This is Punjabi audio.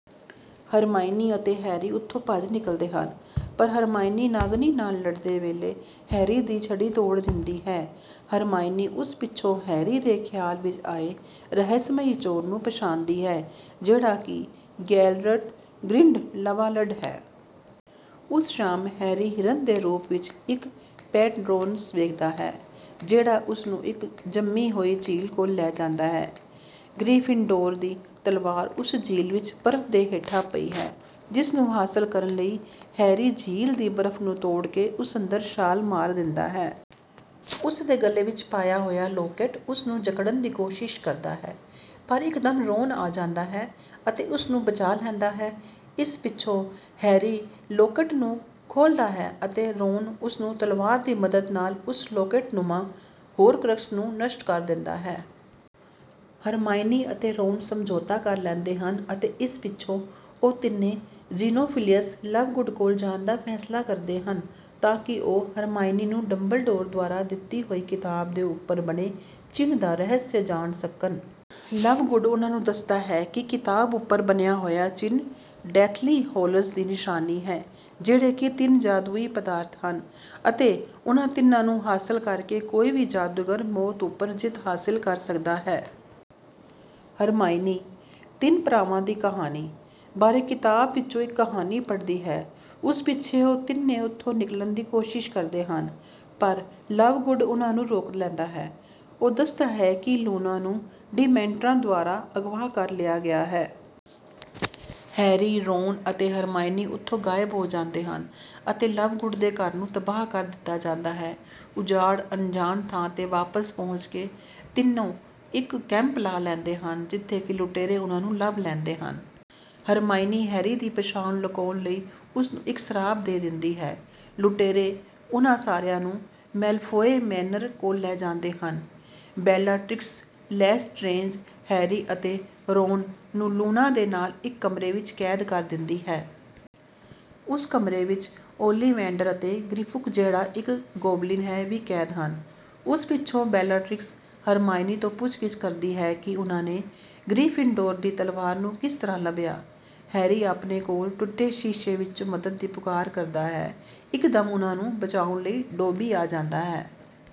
ਹਰਮਾਈਨੀ ਅਤੇ ਹੈਰੀ ਉੱਥੋਂ ਭੱਜ ਨਿਕਲਦੇ ਹਨ, ਪਰ ਹਰਮਾਈਨੀ ਨਾਗਿਨੀ ਨਾਲ ਲੜਦੇ ਵੇਲੇ ਹੈਰੀ ਦੀ ਛੜੀ ਤੋੜ ਦਿੰਦੀ ਹੈ। ਹਰਮਾਈਨੀ ਉਸ ਪਿੱਛੋਂ ਹੈਰੀ ਦੇ ਖ਼ਿਆਲ ਵਿੱਚ ਆਏ ਰਹੱਸਮਈ ਚੋਰ ਨੂੰ ਪਛਾਣਦੀ ਹੈ, ਜਿਹੜਾ ਕਿ ਗੈਲਰਟ ਗ੍ਰਿੰਡਲਵਾਲਡ ਹੈ। ਉਸ ਸ਼ਾਮ ਹੈਰੀ ਹਿਰਨ ਦੇ ਰੂਪ ਵਿੱਚ ਇੱਕ ਪੈਟਰੋਨਸ ਵੇਖਦਾ ਹੈ, ਜਿਹੜਾ ਉਸ ਨੂੰ ਇੱਕ ਜੰਮੀ ਹੋਈ ਝੀਲ ਕੋਲ ਲੈ ਜਾਂਦਾ ਹੈ। ਗ੍ਰੀਫ਼ਿੰਡੋਰ ਦੀ ਤਲਵਾਰ ਉਸੇ ਝੀਲ ਵਿੱਚ ਬਰਫ਼ ਦੇ ਹੇਠਾਂ ਪਈ ਹੈ, ਜਿਸ ਨੂੰ ਹਾਸਲ ਕਰਨ ਲਈ ਹੈਰੀ ਝੀਲ ਦੀ ਬਰਫ਼ ਨੂੰ ਤੋੜ ਕੇ ਉਸ ਅੰਦਰ ਛਾਲ ਮਾਰ ਦਿੰਦਾ ਹੈ। ਉਸ ਦੇ ਗਲੇ ਵਿੱਚ ਪਾਇਆ ਹੋਇਆ ਲੌਕੇਟ ਉਸ ਨੂੰ ਜਕੜਨ ਦੀ ਕੋਸ਼ਿਸ਼ ਕਰਦਾ ਹੈ, ਪਰ ਇੱਕਦਮ ਰੌਨ ਆ ਜਾਂਦਾ ਹੈ ਅਤੇ ਉਸ ਨੂੰ ਬਚਾ ਲੈਂਦਾ ਹੈ। ਇਸ ਪਿੱਛੋਂ ਹੈਰੀ ਲੌਕੇਟ ਨੂੰ ਖੋਲ੍ਹਦਾ ਹੈ ਅਤੇ ਰੌਨ ਉਸ ਨੂੰ ਤਲਵਾਰ ਦੀ ਮਦਦ ਨਾਲ ਉਸ ਲੌਕੇਟਨੁਮਾ ਹੌਰਕ੍ਰਕਸ ਨੂੰ ਨਸ਼ਟ ਕਰ ਦਿੰਦਾ ਹੈ। ਹਰਮਾਈਨੀ ਅਤੇ ਰੌਨ ਸਮਝੌਤਾ ਕਰ ਲੈਂਦੇ ਹਨ ਅਤੇ ਇਸ ਪਿੱਛੋਂ ਉਹ ਤਿੰਨੇ ਜ਼ੀਨੋਫ਼ਿਲਿਅਸ ਲਵਗੁਡ ਕੋਲ ਜਾਣ ਦਾ ਫ਼ੈਸਲਾ ਕਰਦੇ ਹਨ, ਤਾਂ ਕਿ ਉਹ ਹਰਮਾਈਨੀ ਨੂੰ ਡੰਬਲਡੋਰ ਦੁਆਰਾ ਦਿੱਤੀ ਹੋਈ ਕਿਤਾਬ ਦੇ ਉੱਪਰ ਬਣੇ ਚਿੰਨ੍ਹ ਦਾ ਰਹੱਸ ਜਾਣ ਸਕਣ। ਲਵਗੁਡ ਉਹਨਾਂ ਨੂੰ ਦੱਸਦਾ ਹੈ ਕਿ ਕਿਤਾਬ ਉੱਪਰ ਬਣਿਆ ਹੋਇਆ ਚਿੰਨ੍ਹ ਡੈਥਲੀ ਹੈਲੋਜ਼ ਦੀ ਨਿਸ਼ਾਨੀ ਹੈ, ਜਿਹੜੇ ਕਿ ਤਿੰਨ ਜਾਦੂਈ ਪਦਾਰਥ ਹਨ ਅਤੇ ਉਹਨਾਂ ਤਿੰਨਾਂ ਨੂੰ ਹਾਸਲ ਕਰਕੇ ਕੋਈ ਵੀ ਜਾਦੂਗਰ ਮੌਤ ਉੱਪਰ ਜਿੱਤ ਹਾਸਲ ਕਰ ਸਕਦਾ ਹੈ। ਹਰਮਾਈਨੀ ‘ਤਿੰਨ ਭਰਾਵਾਂ ਦੀ ਕਹਾਣੀ’ ਬਾਰੇ ਕਿਤਾਬ ਵਿੱਚੋਂ ਇੱਕ ਕਹਾਣੀ ਪੜ੍ਹਦੀ ਹੈ। ਉਸ ਪਿੱਛੋਂ ਉਹ ਤਿੰਨੋਂ ਉੱਥੋਂ ਨਿਕਲਣ ਦੀ ਕੋਸ਼ਿਸ਼ ਕਰਦੇ ਹਨ, ਪਰ ਲਵਗੁਡ ਉਹਨਾਂ ਨੂੰ ਰੋਕ ਲੈਂਦਾ ਹੈ। ਉਹ ਦੱਸਦਾ ਹੈ ਕਿ ਲੂਨਾ ਨੂੰ ਡਿਮੈਂਟਰਾਂ ਦੁਆਰਾ ਅਗਵਾ ਕਰ ਲਿਆ ਗਿਆ ਹੈ। ਹੈਰੀ, ਰੌਨ ਅਤੇ ਹਰਮਾਈਨੀ ਉੱਥੋਂ ਗਾਇਬ ਹੋ ਜਾਂਦੇ ਹਨ ਅਤੇ ਲਵਗੁਡ ਦੇ ਘਰ ਨੂੰ ਤਬਾਹ ਕਰ ਦਿੱਤਾ ਜਾਂਦਾ ਹੈ। ਉਜਾੜ ਅਣਜਾਣ ਥਾਂ ’ਤੇ ਵਾਪਸ ਪਹੁੰਚ ਕੇ, ਤਿੰਨੋਂ ਇੱਕ ਕੈਂਪ ਲਾ ਲੈਂਦੇ ਹਨ, ਜਿੱਥੇ ਕਿ ਲੁਟੇਰੇ ਉਹਨਾਂ ਨੂੰ ਲੱਭ ਲੈਂਦੇ ਹਨ। ਹਰਮਾਈਨੀ ਹੈਰੀ ਦੀ ਪਛਾਣ ਲੁਕਾਉਣ ਲਈ ਉਸ ਨੂੰ ਇੱਕ ਸਰਾਪ ਦੇ ਦਿੰਦੀ ਹੈ। ਲੁਟੇਰੇ ਉਹਨਾਂ ਸਾਰਿਆਂ ਨੂੰ ਮੈਲਫ਼ੌਏ ਮੇਨਰ ਕੋਲ ਲੈ ਜਾਂਦੇ ਹਨ। ਬੈਲਾਟ੍ਰਿਕਸ ਲੈਸਟਰੇਂਜ ਹੈਰੀ ਅਤੇ ਰੌਨ ਨੂੰ ਲੂਨਾ ਦੇ ਨਾਲ ਇੱਕ ਕਮਰੇ ਵਿੱਚ ਕੈਦ ਕਰ ਦਿੰਦੀ ਹੈ। ਉਸ ਕਮਰੇ ਵਿੱਚ ਓਲੀਵੈਂਡਰ ਅਤੇ ਗ੍ਰਿਫੂਕ, ਜਿਹੜਾ ਇੱਕ ਗੌਬਲਿਨ ਹੈ, ਵੀ ਕੈਦ ਹਨ। ਉਸ ਪਿੱਛੋਂ ਬੈਲਾਟ੍ਰਿਕਸ ਹਰਮਾਈਨੀ ਤੋਂ ਪੁੱਛਗਿੱਛ ਕਰਦੀ ਹੈ ਕਿ ਉਹਨਾਂ ਨੇ ਗ੍ਰੀਫ਼ਿੰਡੋਰ ਦੀ ਤਲਵਾਰ ਨੂੰ ਕਿਸ ਤਰ੍ਹਾਂ ਲੱਭਿਆ। ਹੈਰੀ ਆਪਣੇ ਕੋਲ ਟੁੱਟੇ ਸ਼ੀਸ਼ੇ ਵਿੱਚੋਂ ਮਦਦ ਦੀ ਪੁਕਾਰ ਕਰਦਾ ਹੈ। ਇੱਕਦਮ ਉਹਨਾਂ ਨੂੰ ਬਚਾਉਣ ਲਈ ਡੌਬੀ ਆ ਜਾਂਦਾ ਹੈ।